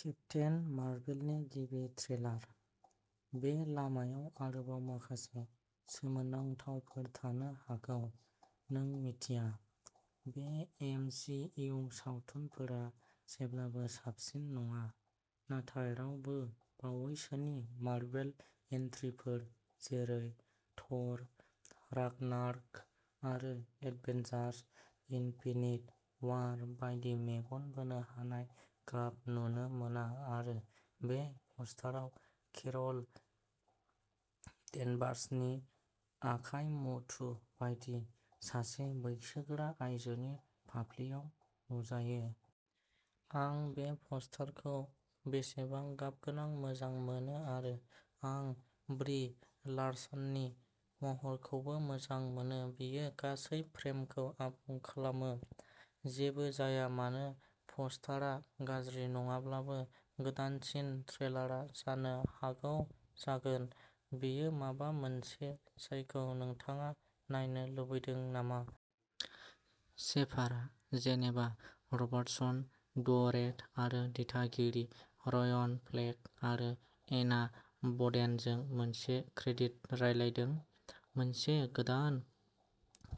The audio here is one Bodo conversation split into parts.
केप्टेन मार्भेलनि गिबि ट्रेलार। बे लामायाव आरोबाव माखासे सोमोनांथावफोर थानो हागौ, नों मिथिया। बे एम सि इउ सावथुनफोरा जेब्लाबो साबसिन नङा, नाथाय रावबो बावैसोनि मार्भेल एन्ट्रिफोर जेरै थ'र रागनारक आरो एभेन्जार्स इनफिनिट वार बायदि मेगन बोनो हानाय गाब नुनो मोना आरो बे प'स्टारआ केर'ल डेनभार्सनि आखाइ मुथु बायदि सासे बैसोगोरा आइजोनि फाफ्लिआव नुजायो। आं बे प'स्टारखौ बेसेबां गाबगोनां मोजां मोनो आरो आं ब्रि लार्सननि महरखौबो मोजां मोनो बियो गासै फ्रेमखौ आबुं खालामो। जेबो जाया मानो प'स्टारआ गाज्रि नङाब्लाबो, गोदानसिन ट्रेलारआ जानो हागौ जागोन। बेयो माबा मोनसे जायखौ नोंथाङा नायनो लुबैदों नामा? शेफारआ जेनेभा रबार्टसन ड्वरेट आरो दिथागिरि रयन फ्लेक आरो एना बडेनजों मोनसे क्रेडिट रानलायदों। मोनसे गोदान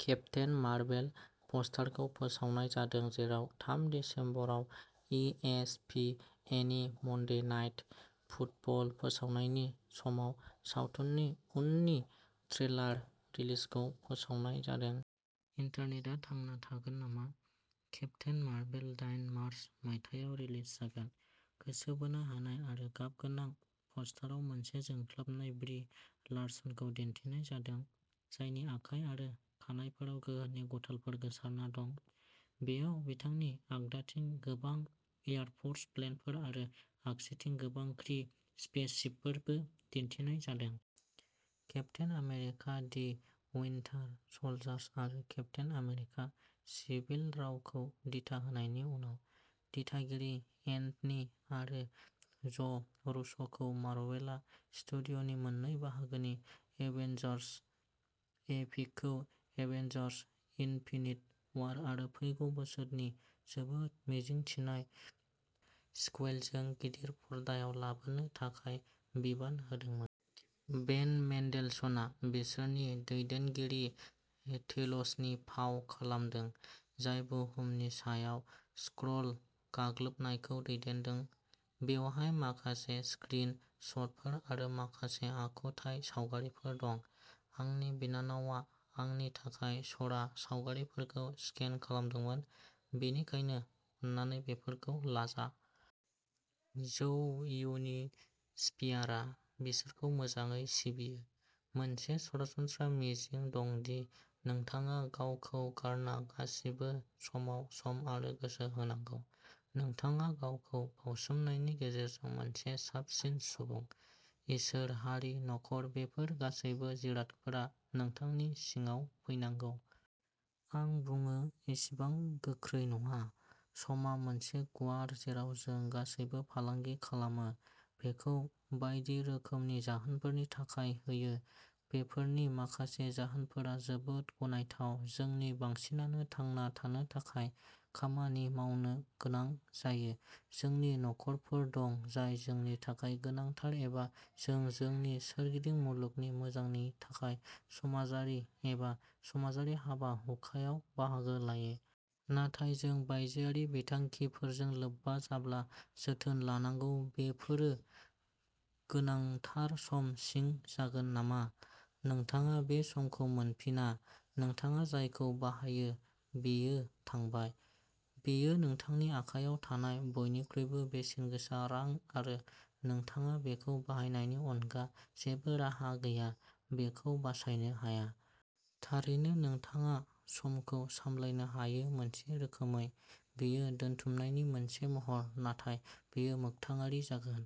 केप्टेन मार्भेल प'स्टारखौ फोसावनाय जादों, जेराव थाम दिसेम्बराव इ एस पि एननि मन्डे नाइट फुटबल फोसावनायनि समाव सावथुननि उननि ट्रेलार रिलिजखौ फोसावनाय जादों। इन्टारनेटआ थांना थागोन नामा? केप्टेन मार्भेल दाइन मार्च, मायथाइयाव रिलिज जागोन। गोसो बोनो हानाय आरो गाबगोनां पस्टारआव मोनसे जोंख्लाबनाय ब्रि लार्सनखौ दिन्थिनाय जादों, जायनि आखाइ आरो खानाइफोराव गोहोनि गुथालफोर गोसारना दं। बेयाव बिथांनि आगदाथिं गोबां एयार फ'र्स प्लेनफोर आरो आगसिथिं गोबां क्रि स्पेसशिपफोरबो दिन्थिनाय जादों। Captain America the Winter Soldier आरो केप्टेन अमेरिका सिभिल रावखौ दिथा होनायनि उनाव, दिथागिरि एन्थनि आरो ज' रुस'खौ मार्वेलआ स्टुडिय'नि मोननै बाहागोनि एवेंजर्स एपिकखौ एवेंजर्स इनफिनिट वार आरो फैगौ बोसोरनि जोबोद मिजिंथिनाय सिक्वेलजों गिदिर पर्दायाव लाबोनो थाखाय बिबान होदोंमोन। बेन मेन्डेलसनआ बिसोरनि दैदेनगिरि टेल'सनि फाव खालामदों, जाय बुहुमनि सायाव स्क्रल गाग्लोबनायखौ दैदेनदों। बेवहाय माखासे स्क्रिन शटफोर आरो माखासे आखुथाय सावगारिफोर दं। आंनि बिनानावआ आंनि थाखाय चरा सावगारिफोरखौ स्केन खालामदोंमोन, बेनिखायनो अन्नानै बेफोरखौ लाजा। झौ युननि स्पियारआ बिथांखौ मोजाङै सिबियो। मोनसे सरासनस्रा मिजिं दं दि नोंथाङा गावखौ गारना गासिबो समाव सम आरो गोसो होनांगौ। नोंथाङा गावखौ बावसोमनायनि गेजेरजों सासे साबसिन सुबुं। इसोर, हारि, नखर बेफोर गासैबो जिरादफोरा नोंथांनि सिगाङाव फैनांगौ। आं बुङो एसेबां गोख्रै नङा। समआ मोनसे मुवा जेराव जों गासैबो फालांगि खालामो, बेखौ बायदि रोखोमनि जाहोनफोरनि थाखाय होयो। बेफोरनि माखासे जाहोनफोरा जोबोद गनायथाव जोंनि बांसिनानो थांना थानो थाखाय खामानि मावनो गोनां जायो, जोंनि नखरफोर दं जाय जोंनि थाखाय गोनांथार एबा जों जोंनि सोरगिदिं मुलुगनि मोजांनि थाखाय समाजारि एबा समाजारि हाबा हुखायाव बाहागो लायो। नाथाय जों बायजोआरि बिथांखिफोरजों लोब्बा जाब्ला जोथोन लानांगौ बेफोरो गोनांथार सम सिं जागोन नामा? नोंथाङा बे समखौ मोनफिना। नोंथाङा जायखौ बाहायो बेयो थांबाय। बेयो नोंथांनि आखायाव थानाय बयनिख्रुइबो बेसेनगोसा रां आरो नोंथाङा बेखौ बाहायनायनि अनगा जेबो राहा गैया, बेखौ बासायनो हाया। थारैनो नोंथाङा समखौ सामलायनो हायो मोनसे रोखोमै बेयो दोनथुमनायनि मोनसे महर, नाथाय बेयो मोख्थाङारि जागोन।